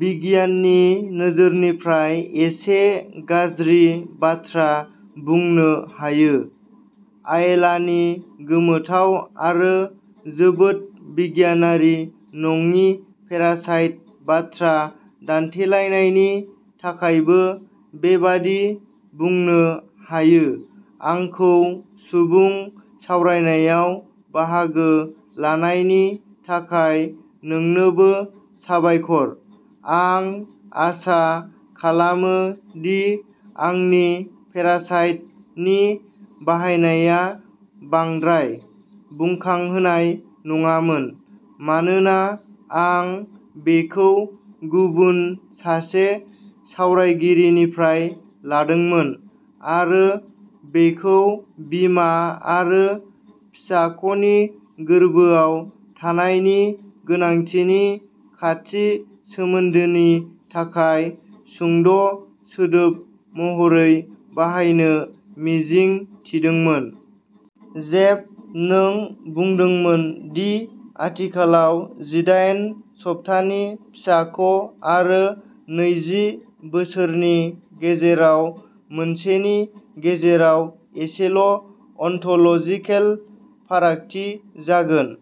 बिगियाननि नोजोरनिफ्राय एसे गाज्रि बाथ्रा बुंनो हायो। आयेलानि गोमोथाव आरो जोबोद बिगियानारि नङि पेरासाइट बाथ्रा दान्थेलायनायनि थाखायबो बेबादि बुंनो हायो। आंखौ सुबुं सावरायनायाव बाहागो लानायनि थाखाय नोंनोबो साबायखर। आं आसा खालामो दि आंनि पेरासाइट नि बाहायनाया बांद्राय बुखांहोनाय नङामोन, मानोना आं बेखौ गुबुन सासे सावरायगिरिनिफ्राय लादोंमोन आरो बेखौ बिमा आरो फिसाख'नि गोरबोआव थानायनि गोनांथिनि खाथि सोमोन्दोनि थाखाय सुंद' सोदोब महरै बाहायनो मिजिं थिदोंमोन। जेफ, नों बुंदोंमोन दि आथिखालाव जिदायेन सप्तानि फिसाख' आरो नैजि बोसोरनि गेजेराव मोनसेनि गेजेराव एसेल' अनटोल'जिकेल फारागथि जागोन,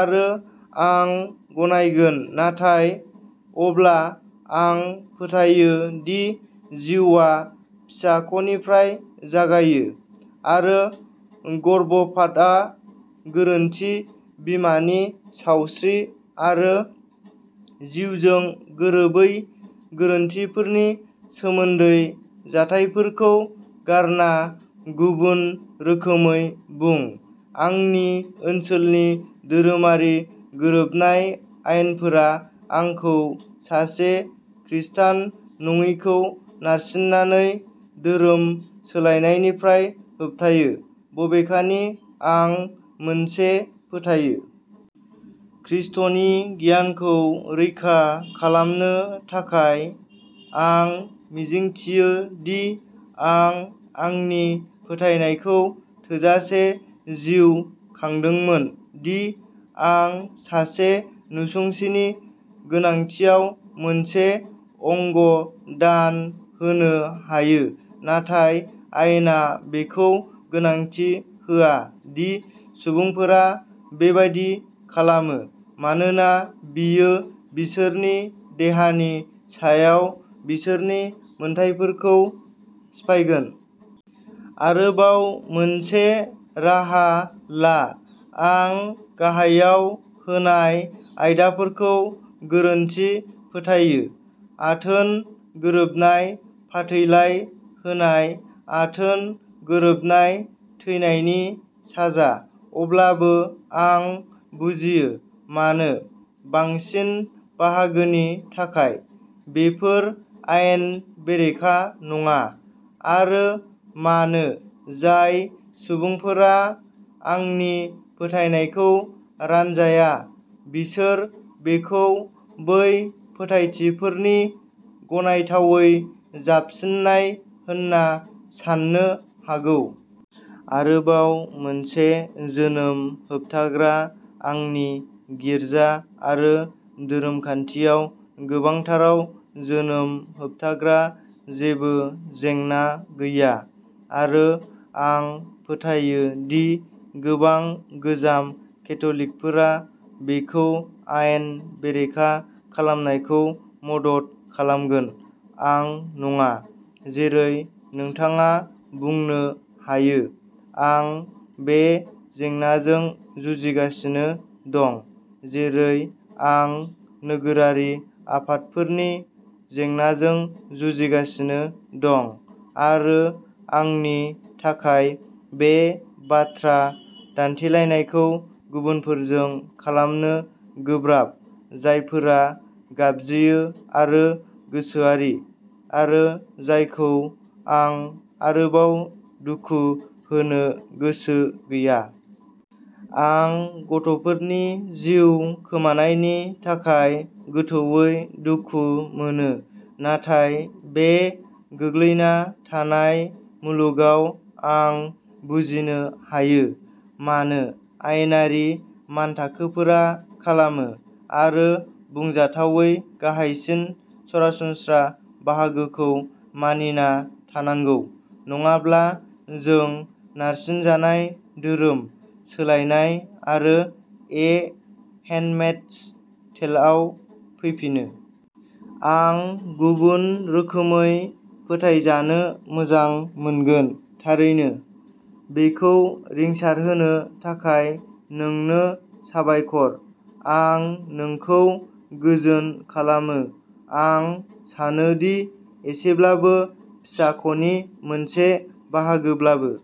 आरो आं गनायगोन नाथाय अब्ला, आं फोथायो दि जिउआ फिसाख'निफ्राय जागायो, आरो गर्भपातआ गोरोन्थि बिमानि सावस्रि आरो जिउजों गोरोबै गोरोन्थिफोरनि सोमोन्दै जाथायफोरखौ गारना गुबुन रोखोमै बुं आंनि ओनसोलनि धोरोमारि गोरोबनाय आयेनफोरा आंखौ सासे खृस्टान नङैखौ नारसिननानै धोरोम सोलायनायनिफ्राय होबथायो, बबेखानि आं मोनसे फोथायो। खृष्टनि गियानखौ रैखा खालामनो थाखाय। आं मिजिंथियो दि आं आंनि फोथायनायखौ थोजासे जिउ खांदोंमोन दि आं सासे नसुंसेनि गोनांथियाव मोनसे अंग दान होनो हायो, नाथाय आयेना बेखौ गोनांथि होआ दि सुबुंफोरा बेबादि खालामो, मानोना बेयो बिसोरनि देहानि सायाव बिसोरनि मोन्थाइफोरखौ सिफायगोन। आरोबाव मोनसे राहा ला आं गाहायाव होनाय आयदाफोरखौ गोरोन्थि फोथायो आथोन गोरोबनाय, फाथैलाइ होनाय, आथोन गोरोबनाय, थैनायनि साजा। अब्लाबो आं बुजियो मानो, बांसिन बाहागोनि थाखाय, बेफोर आयेन बेरेखा नङा, आरो मानो जाय सुबुंफोरा आंनि फोथायनायखौ रानजाया बिसोर बेखौ बै फोथायथिफोरनि गनायथावै जाबसिननाय होनना सान्नो हागौ। आरोबाव मोनसे जोनोम होबथाग्रा। आंनि गिर्जा आरो धोरोमखान्थियाव, गोबांथाराव, जोनोम होबथाग्रा जेबो जेंना गैया, आरो, आं फोथायो दि गोबां गोजाम केथ'लिकफोरा बेखौ आयेन बेरेखा खालामनायखौ मदद खालामगोन, आं नङा। जेरै नोंथाङा बुंनो हायो, आं बे जेंनाजों जुजिगासिनो दं, जेरै आं नोगोरारि आफादफोरनि जेंनाजों जुजिगासिनो दं, आरो आंनि थाखाय बे बाथ्रा दान्थेलायनायखौ गुबुनफोरजों खालामनो गोब्राब जायफोरा गाबज्रियो आरो गोसोआरि, आरो जायखौ आं आरोबाव दुखु होनो गोसो गैया। आं गथ'फोरनि जिउ खोमानायनि थाखाय गोथौवै दुखु मोनो। नाथाय बे गोग्लैना थानाय मुलुगाव, आं बुजिनो हायो मानो आयेनारि मानथाखोफोरा खालामो, आरो बुंजाथावै, गाहायसिन सरासनस्रा बाहागोखौ मानिना थानांगौ नङाब्ला जों नारसिनजानाय धोरोम सोलायनाय आरो ए हेन्डमेइड्स टेलआव फैफिनो। आं गुबुन रोखोमै फोथायजानो मोजां मोनगोन, थारैनो। बेखौ रिंसारहोनो थाखाय नोंनो साबायखर। आं नोंखौ गोजोन खालामो। आं सानो दि एसेब्लाबो फिसाख'नि मोनसे बाहागोब्लाबो।